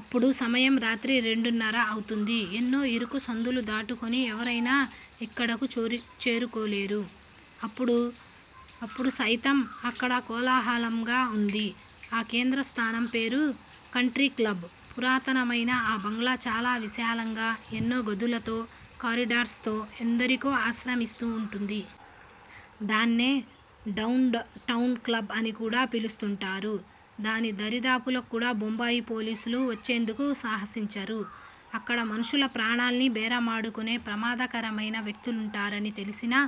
అప్పుడు సమయం రాత్రి రెండున్నర అవుతుంది. ఎన్నో ఇరుకు సందులు దాటుకొని ఎవరయినా ఇక్కడకు చేరుకోలేరు. అప్పుడు సయితం అక్కడ కోలాహలంగా ఉంది. ఆ కేంద్ర స్థానం పేరు కంట్రీ క్లబ్. పురాతనమయిన ఆ బంగ్లా చాలా విశాలంగా, ఎన్నో గదులతో, కారిడార్స్ తో ఎందరికో ఆశ్రమిస్తూంటుంది. దాన్నే డౌన్ టౌన్ క్లబ్ అని కూడా పిలుస్తుంటారు. దాని దరిదాపులకు కూడా బొంబాయి పోలీసులు వచ్చేందుకు సాహసించరు. అక్కడ మనుషుల ప్రాణాల్ని బేరమాడుకొనే ప్రమాదకరమయిన వ్యక్తులుంటారని తెలిసినా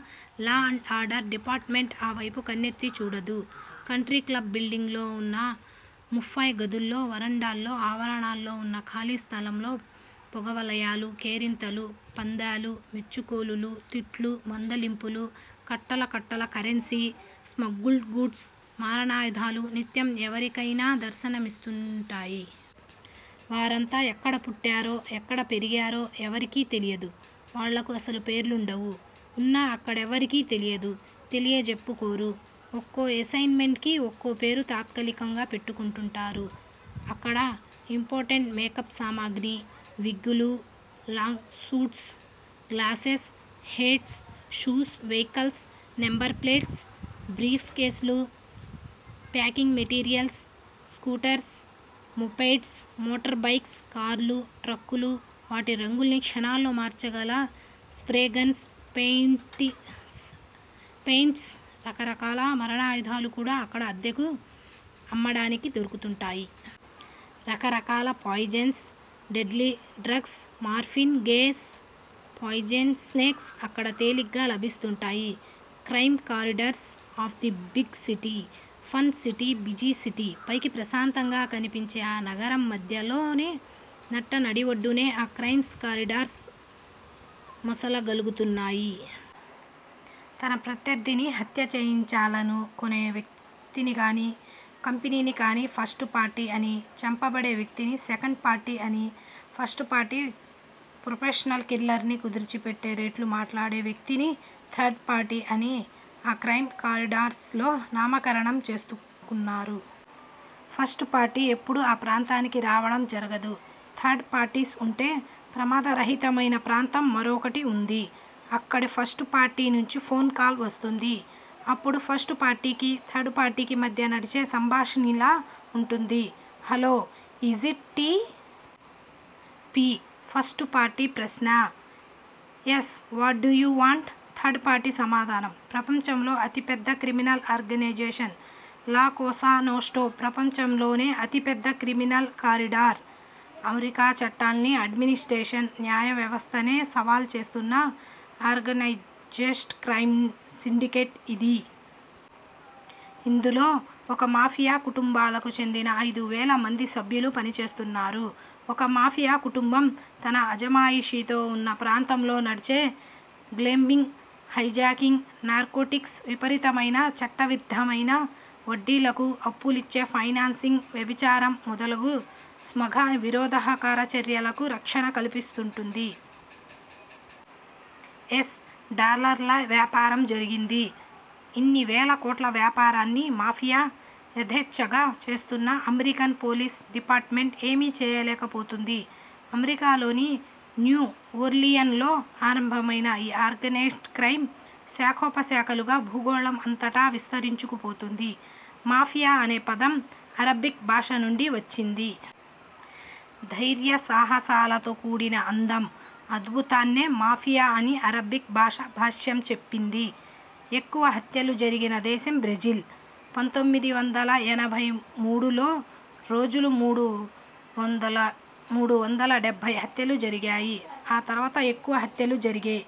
లా అండ్ ఆర్డర్ డిపార్టుమెంట్ ఆ వేపుకి కన్నెత్తి చూడదు. కంట్రీక్లబ్ బిల్డింగ్ లో ఉన్న ముఫ్ఫాయ్ గదుల్లో, వరండాల్లో, ఆవరణలో ఉన్న ఖాళీ స్థలంలో పొగవలయాలు, కేరింతలు, పందాలు, మెచ్చుకోలులు, తిట్లు, మందలింపులు, కట్టల కట్టలు కరెన్సీ, స్మగుల్డ్ గూడ్స్, మారణాయుధాలు నిత్యం ఎవరికయినా దర్శనమిస్తుంటాయి. వారంతా ఎక్కడ పుట్టారో, ఎక్కడ పెరిగారో ఎవరికీ తెలీయదు. వాళ్ళకు అసలు పేర్లుండవు. ఉన్నా అక్కడెవరికీ తెలీదు. తెలియజెప్పుకోరు. ఒక్కో ఎసైన్ మెంట్ కి ఒక్కో పేరుని తాత్కాలికంగా పెట్టుకుంటుంటారు. అక్కడ ఇంపోర్టెడ్ మేకప్ సామాగ్రి, విగ్గులు, long suits, glasses, hats, shoes, vehicles, number plates, brief కేసులు, packing materials, scooters, mopeds, motor bikes, కార్లు, ట్రక్కులు, వాటి రంగుల్ని క్షణాల్లో మార్చగల స్ప్రేగన్స్, పెయింట్స్, రకరకాల మారణాయుధాలు కూడా అక్కడ అద్దెకు, అమ్మడానికి దొరుకుతుంటాయి. రకరకాల poisons, deadly drugs, morphine, gas, poisonous snakes అక్కడ తేలిగ్గా లభిస్తుంటాయి. Crime corridors of the big city- fun city- busy city- పైకి ప్రశాంతంగా కనిపించే ఆ నగరం మధ్యలోనే, నట్ట నడిఒడ్డునే, ఆ క్రైమ్ కారిడార్స్ మసలగలుగుతున్నాయి. తన ప్రత్యర్ధిని హత్య చేయించాలను కొనే వ్యక్తినికాని, కంపెనీని కాని ఫస్ట్ పార్టీ అని, చంపబడే వ్యక్తిని సెకండ్ పార్టీ అని, ఫస్ట్ పార్టీ ప్రొఫెషనల్ కిల్లర్ ని కుదిర్చిపెట్టి రేట్లు మాట్లాడే వ్యక్తిని థర్డుపార్టీ అని ఆ క్రైమ్ కారిడార్స్ లో నామకరణం చేసుకున్నారు. ఫస్టు పార్టీ ఎప్పుడూ ఆ ప్రాంతానికి రావటం జరగదు. థర్డు పార్టీస్ ఉండే ప్రమాదరహితమయిన ప్రాంతం మరొకటి ఉంది. అక్కడికి ఫస్టు పార్టీ నుంచి ఫోన్ కాల్ వస్తుంది. అప్పుడు ఫస్టు పార్టీకి, థర్డు పార్టీకి మధ్య నడిచే సంభాషిణిలా ఉంటుంది. Hello is it T. P-? First party ప్రశ్న. Yes what do you want? Third party సమాధానం. ప్రపంచంలో అతి పెద్ద క్రిమినల్ ఆర్గనైజేషన్ లా-కోసా-నోస్ట్రా ప్రపంచంలోనే అతి పెద్ద క్రిమినల్ కారిడార్. అమెరికా చట్టాల్ని అడ్మినిస్ట్రేషన్, న్యాయ వ్యవస్థనే సవాల్ చేస్తున్న ఆర్గనైజ్డ్ క్రైమ్ సిండికేట్ ఇది. ఇందులో ఒక మాఫియా కుటుంబాలకు చెందిన ఐదు వేల మంది సభ్యులు పనిచేస్తున్నారు. ఒక మాఫియా కుటుంబం తన అజమాయిషీలో ఉన్న ప్రాంతంలో నడిచే గ్లెంబ్లింగ్, హైజాకింగ్, నార్కోటిక్స్ విపరీతమయిన- చట్ట విరుద్దమైన వడ్డీలకు అప్పులిచ్చే ఫైనాన్సింగ్, వ్యభిచారం మొదలగు స్మాఘ విరోదహకరచర్యలకు రక్షణ కల్పిస్తుంటుంది. ఎస్. డాలర్ల. వ్యాపారం జరిగింది. ఇన్నివేల కోట్ల వ్యాపారాన్ని మాఫియా యధేచ్చగా చేస్తున్నా అమెరికన్ పోలీస్ డిపార్ట్ మెంట్ ఏమీ చేయలేక పోతోంది. అమెరికాలోని న్యూ ఓర్లియన్ లో ఆరంభమైన ఈ ఆర్గనైజ్డ్ క్రైమ్ శాఖోపశాఖలుగా భూగోళం అంతటా విస్తరించుకు పోతోంది. మాఫియా అనే పదం అరబిక్ భాష నుండి వచ్చింది. ధైర్య సాహసాలతో కూడిన అందం, అద్భుతాన్నే మాఫియా అని అరబిక్ భాష భాష్యం చెప్పింది. ఎక్కువ హత్యలు జరిగిన దేశం బ్రెజిల్ పంతోమిది వందల ఎనబైమూడు లో రోజులు మూడు వందలాడెబ్భై హత్యలు జరిగాయి. ఆ తరువాత ఎక్కువ హత్యలు జరిగే